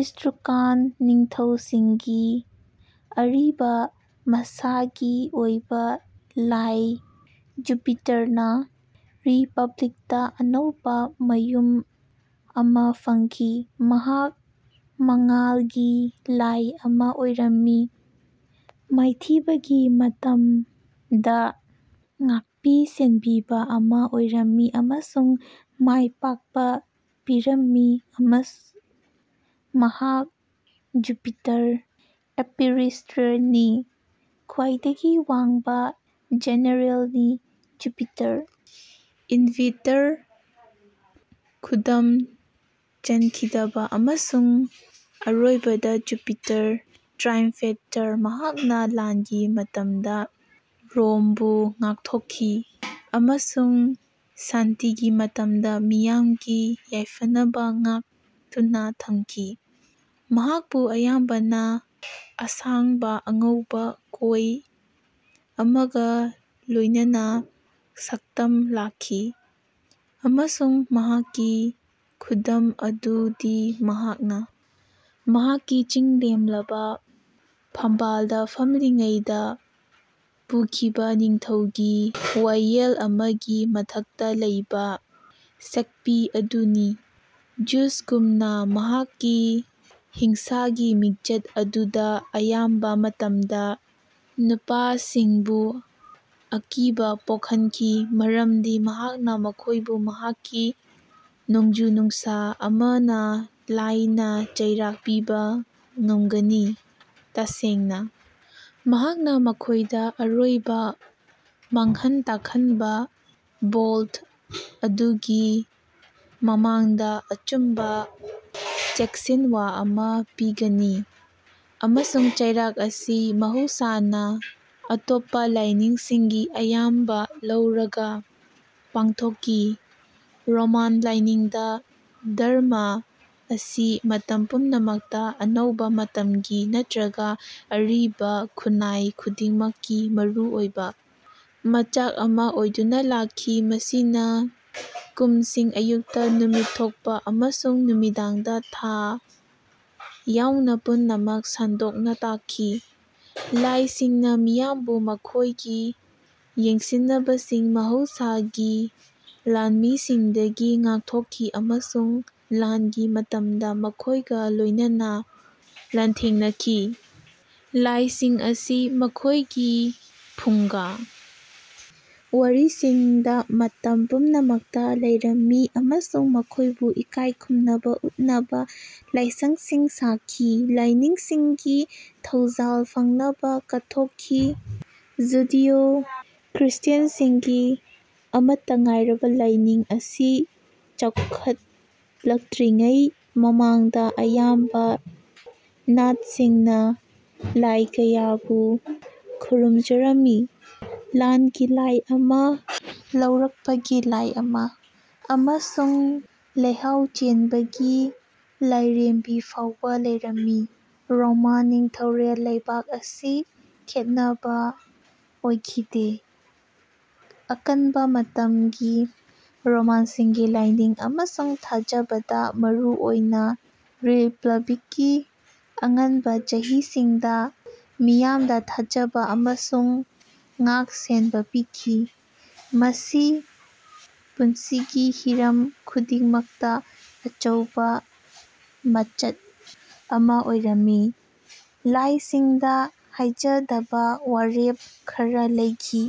ꯏꯁꯇꯔꯀꯥꯟ ꯅꯤꯡꯊꯧꯁꯤꯡꯒꯤ ꯑꯔꯤꯕ, ꯃꯁꯥꯒꯤ ꯑꯣꯏꯕ ꯂꯥꯏ ꯖꯨꯄꯤꯇꯔꯅ ꯔꯤꯄꯕ꯭ꯂꯤꯛꯇ ꯑꯅꯧꯕ ꯃꯌꯨꯝ ꯑꯃ ꯐꯪꯈꯤ꯫ ꯃꯍꯥꯛ ꯃꯉꯥꯜꯒꯤ ꯂꯥꯏ ꯑꯃ ꯑꯣꯏꯔꯝꯃꯤ, ꯃꯥꯏꯊꯤꯕꯒꯤ ꯃꯇꯝꯗ ꯉꯥꯛꯄꯤ ꯁꯦꯟꯕꯤꯕ ꯑꯃ ꯑꯣꯏꯔꯝꯃꯤ ꯑꯃꯁꯨꯡ ꯃꯥꯏꯄꯥꯛꯄ ꯄꯤꯔꯝꯃꯤ꯫ ꯑꯃꯁꯨ ꯃꯍꯥꯛ ꯖꯨꯄꯤꯇꯔ ꯏꯝꯄꯦꯔꯦꯇꯔꯅꯤ, ꯈ꯭ꯋꯥꯏꯗꯒꯤ ꯋꯥꯡꯕ ꯖꯦꯅꯔꯦꯜꯅꯤ; ꯖꯨꯄꯤꯇꯔ ꯏꯟꯚꯤꯇꯔ, ꯈꯨꯗꯨꯝ ꯆꯟꯈꯤꯗꯕ ꯑꯃꯁꯨꯡ ꯑꯔꯣꯏꯕꯗ, ꯖꯨꯄꯤꯇꯔ ꯇ꯭ꯔꯥꯏꯝꯐꯦꯇꯔ꯫ ꯃꯍꯥꯛꯅ ꯂꯥꯟꯒꯤ ꯃꯇꯝꯗ ꯔꯣꯝꯕꯨ ꯉꯥꯛꯊꯣꯛꯈꯤ ꯑꯃꯁꯨꯡ ꯁꯥꯟꯇꯤꯒꯤ ꯃꯇꯝꯗ ꯃꯤꯌꯥꯝꯒꯤ ꯌꯥꯏꯐꯅꯕ ꯉꯥꯛꯇꯨꯅ ꯊꯝꯈꯤ꯫ ꯃꯍꯥꯛꯄꯨ ꯑꯌꯥꯝꯕꯅ ꯑꯁꯥꯡꯕ, ꯑꯉꯧꯕ ꯀꯣꯏ ꯑꯃꯒ ꯂꯣꯏꯅꯅ ꯁꯛꯇꯝ ꯂꯥꯛꯈꯤ, ꯑꯃꯁꯨꯡ ꯃꯍꯥꯛꯀꯤ ꯈꯨꯗꯝ ꯑꯗꯨꯗꯤ ꯃꯍꯥꯛꯅ ꯃꯍꯥꯛꯀꯤ ꯆꯤꯡꯂꯦꯝꯂꯕ ꯐꯝꯕꯥꯜꯗ ꯐꯝꯂꯤꯉꯩꯗ ꯄꯨꯈꯤꯕ ꯅꯤꯡꯊꯧꯒꯤ ꯋꯥꯌꯦꯜ ꯑꯃꯒꯤ ꯃꯊꯛꯇ ꯂꯩꯕ ꯁꯦꯛꯄꯤ ꯑꯗꯨꯅꯤ꯫ ꯖ꯭ꯌꯨꯁꯒꯨꯝꯅ, ꯃꯍꯥꯛꯀꯤ ꯍꯤꯡꯁꯥꯒꯤ ꯃꯤꯡꯆꯠ ꯑꯗꯨꯅ ꯑꯌꯥꯝꯕ ꯃꯇꯝꯗ ꯅꯨꯄꯥꯁꯤꯡꯕꯨ ꯑꯀꯤꯕ ꯄꯣꯛꯍꯟꯈꯤ ꯃꯔꯝꯗꯤ ꯃꯍꯥꯛꯅ ꯃꯈꯣꯏꯕꯨ ꯃꯍꯥꯛꯀꯤ ꯅꯣꯡꯖꯨ-ꯅꯨꯡꯁꯥ ꯑꯃꯅ ꯂꯥꯏꯅ ꯆꯩꯔꯥꯛ ꯄꯤꯕ ꯉꯝꯒꯅꯤ꯫ ꯇꯁꯦꯡꯅ, ꯃꯍꯥꯛꯅ ꯃꯈꯣꯏꯗ ꯑꯔꯣꯏꯕ, ꯃꯥꯡꯍꯟ-ꯇꯥꯛꯍꯟꯕ ꯕꯣꯜꯠ ꯑꯗꯨꯒꯤ ꯃꯃꯥꯡꯗ ꯑꯆꯨꯝꯕ ꯆꯦꯛꯁꯤꯟꯋꯥ ꯑꯃ ꯄꯤꯒꯅꯤ, ꯑꯃꯁꯨꯡ ꯆꯩꯔꯥꯛ ꯑꯁꯤ ꯃꯍꯧꯁꯥꯅ ꯑꯇꯣꯞꯄ ꯂꯥꯏꯁꯤꯡꯒꯤ ꯑꯌꯥꯕ ꯂꯧꯔꯒ ꯄꯥꯡꯊꯣꯛꯈꯤ꯫ ꯔꯣꯃꯥꯟ ꯂꯥꯏꯅꯤꯡꯗ ꯙꯔꯃꯥ ꯑꯁꯤ ꯃꯇꯝ ꯄꯨꯝꯅꯃꯛꯇ ꯑꯅꯧꯕ ꯃꯇꯝꯒꯤ ꯅꯠꯇ꯭ꯔꯒ ꯑꯔꯤꯕ ꯈꯨꯟꯅꯥꯏ ꯈꯨꯗꯤꯡꯃꯛꯀꯤ ꯃꯔꯨꯑꯣꯏꯕ ꯃꯆꯥꯛ ꯑꯃ ꯑꯣꯏꯗꯨꯅ ꯂꯥꯛꯈꯤ꯫ ꯃꯁꯤꯅ ꯀꯨꯝꯁꯤꯡ, ꯑꯌꯨꯛꯇ ꯅꯨꯃꯤꯠ ꯊꯣꯛꯄ ꯑꯃꯁꯨꯡ ꯅꯨꯃꯤꯗꯥꯡꯗ ꯊꯥ ꯌꯥꯎꯅ ꯄꯨꯝꯅꯃꯛ ꯁꯟꯗꯣꯛꯅ ꯇꯥꯛꯈꯤ꯫ ꯂꯥꯏꯁꯤꯡꯅ ꯃꯤꯌꯥꯝꯕꯨ ꯃꯈꯣꯏꯒꯤ ꯌꯦꯡꯁꯤꯟꯅꯕꯁꯤꯡ, ꯃꯍꯧꯁꯥꯒꯤ ꯂꯥꯟꯃꯤꯁꯤꯡꯗꯒꯤ ꯉꯥꯛꯊꯣꯛꯈꯤ ꯑꯃꯁꯨꯡ ꯂꯥꯟꯒꯤ ꯃꯇꯝꯗ ꯃꯈꯣꯏꯒ ꯂꯣꯏꯅꯅ ꯂꯥꯟꯊꯦꯡꯅꯈꯤ꯫ ꯂꯥꯏꯁꯤꯡ ꯑꯁꯤ ꯃꯈꯣꯏꯒꯤ ꯐꯨꯡꯒꯥ ꯋꯥꯔꯤꯁꯤꯡꯗ ꯃꯇꯝ ꯄꯨꯝꯅꯃꯛꯇ ꯂꯩꯔꯝꯃꯤ ꯑꯃꯁꯨꯡ ꯃꯈꯣꯏꯕꯨ ꯏꯀꯥꯏ ꯈꯨꯝꯅꯕ ꯎꯠꯅꯕ ꯂꯥꯏꯁꯪꯁꯤꯡ ꯁꯥꯈꯤ꯫ ꯂꯥꯏꯅꯤꯡꯁꯤꯡꯒꯤ ꯊꯧꯖꯥꯜ ꯐꯪꯅꯕ ꯀꯠꯊꯣꯛꯈꯤ꯫ ꯖꯨꯗꯤꯑꯣ-ꯈ꯭ꯔꯤꯁꯇ꯭ꯌꯥꯟꯁꯤꯡꯒꯤ ꯑꯃꯠꯇ ꯉꯥꯏꯔꯕ ꯂꯥꯏꯅꯤꯡ ꯑꯁꯤ ꯆꯥꯎꯈꯠꯂꯛꯇ꯭ꯔꯤꯉꯩ ꯃꯃꯥꯡꯗ ꯑꯌꯥꯝꯕ ꯅꯥꯠꯁꯤꯡꯅ ꯂꯥꯏ ꯀꯌꯥꯕꯨ ꯈꯨꯔꯨꯝꯖꯔꯝꯃꯤ꯫ ꯂꯥꯟꯒꯤ ꯂꯥꯏ ꯑꯃ, ꯂꯧꯔꯛꯄꯒꯤ ꯂꯥꯏ ꯑꯃ ꯑꯃꯁꯨꯡ ꯂꯩꯍꯥꯎ ꯆꯦꯟꯕꯒꯤ ꯂꯥꯏꯔꯦꯝꯕꯤ ꯐꯥꯎꯕ ꯂꯩꯔꯝꯃꯤ꯫ ꯔꯣꯃꯥꯟ ꯅꯤꯡꯊꯧꯔꯦꯜ ꯂꯩꯕꯥꯛ ꯑꯁꯤ ꯈꯦꯠꯅꯕ ꯑꯣꯏꯈꯤꯗꯦ꯫ ꯑꯀꯟꯕ ꯃꯇꯝꯒꯤ ꯔꯣꯃꯥꯟꯁꯤꯡꯒꯤ ꯂꯥꯏꯅꯤꯡ ꯑꯃꯁꯨꯡ ꯊꯥꯖꯕꯗ, ꯃꯔꯨꯑꯣꯏꯅ ꯔꯤꯄꯕ꯭ꯂꯤꯛꯀꯤ ꯑꯉꯟꯕ ꯆꯍꯤꯁꯤꯡꯗ, ꯃꯤꯌꯥꯝꯗ ꯊꯥꯖꯕ ꯑꯃꯁꯨꯡ ꯉꯥꯛ-ꯁꯦꯟꯕ ꯄꯤꯈꯤ꯫ ꯃꯁꯤ ꯄꯨꯟꯁꯤꯒꯤ ꯍꯤꯔꯝ ꯈꯨꯗꯤꯡꯃꯛꯇ ꯑꯆꯧꯕ ꯃꯆꯠ ꯑꯃ ꯑꯣꯏꯔꯝꯃꯤ; ꯂꯥꯏꯁꯤꯡꯗ ꯍꯥꯏꯖꯗꯕ ꯋꯥꯔꯦꯞ ꯈꯔ ꯂꯩꯈꯤ꯫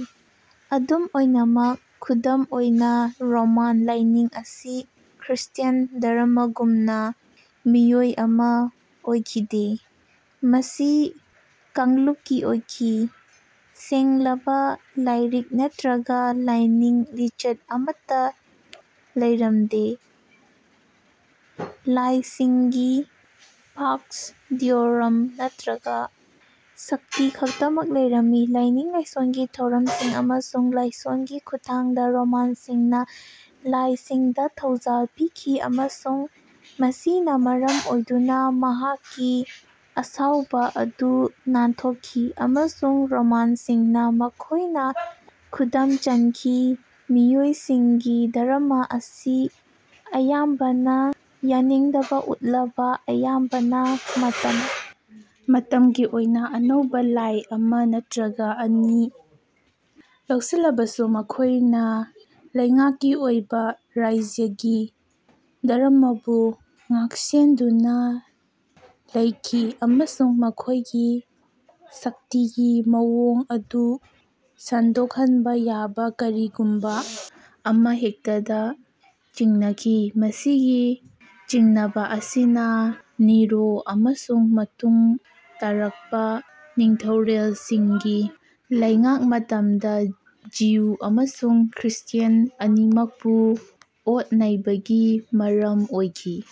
ꯑꯗꯨꯝ ꯑꯣꯏꯅꯃꯛ, ꯈꯨꯗꯝ ꯑꯣꯏꯅ, ꯔꯣꯃꯥꯟ ꯂꯥꯏꯅꯤꯡ ꯑꯁꯤ ꯈ꯭ꯔꯤꯁꯇ꯭ꯌꯥꯟ ꯙꯔꯃꯥꯒꯨꯝꯅ ꯃꯤꯑꯣꯏ ꯑꯃ ꯑꯣꯏꯈꯤꯗꯦ; ꯃꯁꯤ ꯀꯥꯡꯂꯨꯞꯀꯤ ꯑꯣꯏꯈꯤ꯫ ꯁꯦꯡꯂꯕ ꯂꯥꯏꯔꯤꯛ ꯅꯠꯇ꯭ꯔꯒ ꯂꯥꯏꯅꯤꯡ ꯂꯤꯆꯠ ꯑꯃꯠꯇ ꯂꯩꯔꯝꯗꯦ; ꯂꯥꯏꯁꯤꯡꯒꯤ ꯄꯦꯛꯁ ꯗꯤꯑꯣꯔꯝ ꯅꯠꯇ꯭ꯔꯒ ꯁꯛꯇꯤ ꯈꯛꯇꯃꯛ ꯂꯩꯔꯝꯃꯤ꯫ ꯂꯥꯏꯅꯤꯡ-ꯂꯥꯏꯁꯣꯜꯒꯤ ꯊꯧꯔꯝꯁꯤꯡ ꯑꯃꯁꯨꯡ ꯂꯥꯏꯁꯣꯜꯒꯤ ꯈꯨꯠꯊꯥꯡꯗ, ꯔꯣꯃꯥꯟꯁꯤꯡꯅ ꯂꯥꯏꯁꯤꯡꯗ ꯊꯧꯖꯥꯜ ꯄꯤꯈꯤ ꯑꯃꯁꯨꯡ ꯃꯁꯤꯅ ꯃꯔꯝ ꯑꯣꯏꯗꯨꯅ ꯃꯍꯥꯛꯀꯤ ꯑꯁꯥꯎꯕ ꯑꯗꯨ ꯅꯥꯟꯊꯣꯛꯈꯤ꯫ ꯑꯃꯁꯨꯡ, ꯔꯣꯃꯥꯟꯁꯤꯡꯅ ꯃꯈꯣꯏꯅ ꯈꯨꯗꯝ ꯆꯟꯈꯤꯕ ꯃꯤꯑꯣꯏꯁꯤꯡꯒꯤ ꯙꯔꯃꯥ ꯑꯁꯤ ꯑꯌꯥꯝꯕꯅ ꯌꯥꯅꯤꯡꯗꯕ ꯎꯠꯂꯕ ꯑꯌꯥꯝꯕꯅ ꯃꯇꯝ ꯃꯇꯝꯒꯤ ꯑꯣꯏꯅ ꯑꯅꯧꯕ ꯂꯥꯏ ꯑꯃ ꯅꯠꯇ꯭ꯔꯒ ꯑꯅꯤ ꯂꯧꯁꯤꯜꯂꯕꯁꯨ, ꯃꯈꯣꯏꯅ ꯂꯩꯉꯥꯛꯀꯤ ꯑꯣꯏꯕ ꯔꯥꯖ꯭ꯌꯒꯤ ꯙꯔꯃꯥꯕꯨ ꯉꯥꯛꯁꯦꯟꯗꯨꯅ ꯂꯩꯈꯤ ꯑꯃꯁꯨꯡ ꯃꯈꯣꯏꯒꯤ ꯁꯛꯇꯤꯒꯤ ꯃꯑꯣꯡ ꯑꯗꯨ ꯁꯟꯗꯣꯛꯍꯟꯕ ꯌꯥꯕ ꯀꯔꯤꯒꯨꯝꯕ ꯑꯃꯍꯦꯛꯇꯗ ꯆꯤꯡꯅꯈꯤ꯫ ꯃꯁꯤꯒꯤ ꯆꯤꯡꯅꯕ ꯑꯁꯤꯅ ꯅꯤꯔꯣ ꯑꯃꯁꯨꯡ ꯃꯇꯨꯡ ꯇꯥꯔꯛꯄ ꯅꯤꯡꯊꯧꯔꯦꯜꯁꯤꯡꯒꯤ ꯂꯩꯉꯥꯛ ꯃꯇꯝꯗ ꯖꯤꯌꯨ ꯑꯃꯁꯨꯡ ꯈ꯭ꯔꯤꯁꯇ꯭ꯌꯥꯟ ꯑꯅꯤꯃꯛꯄꯨ ꯑꯣꯠ-ꯅꯩꯕꯒꯤ ꯃꯔꯝ ꯑꯣꯏꯈꯤ꯫ ꯫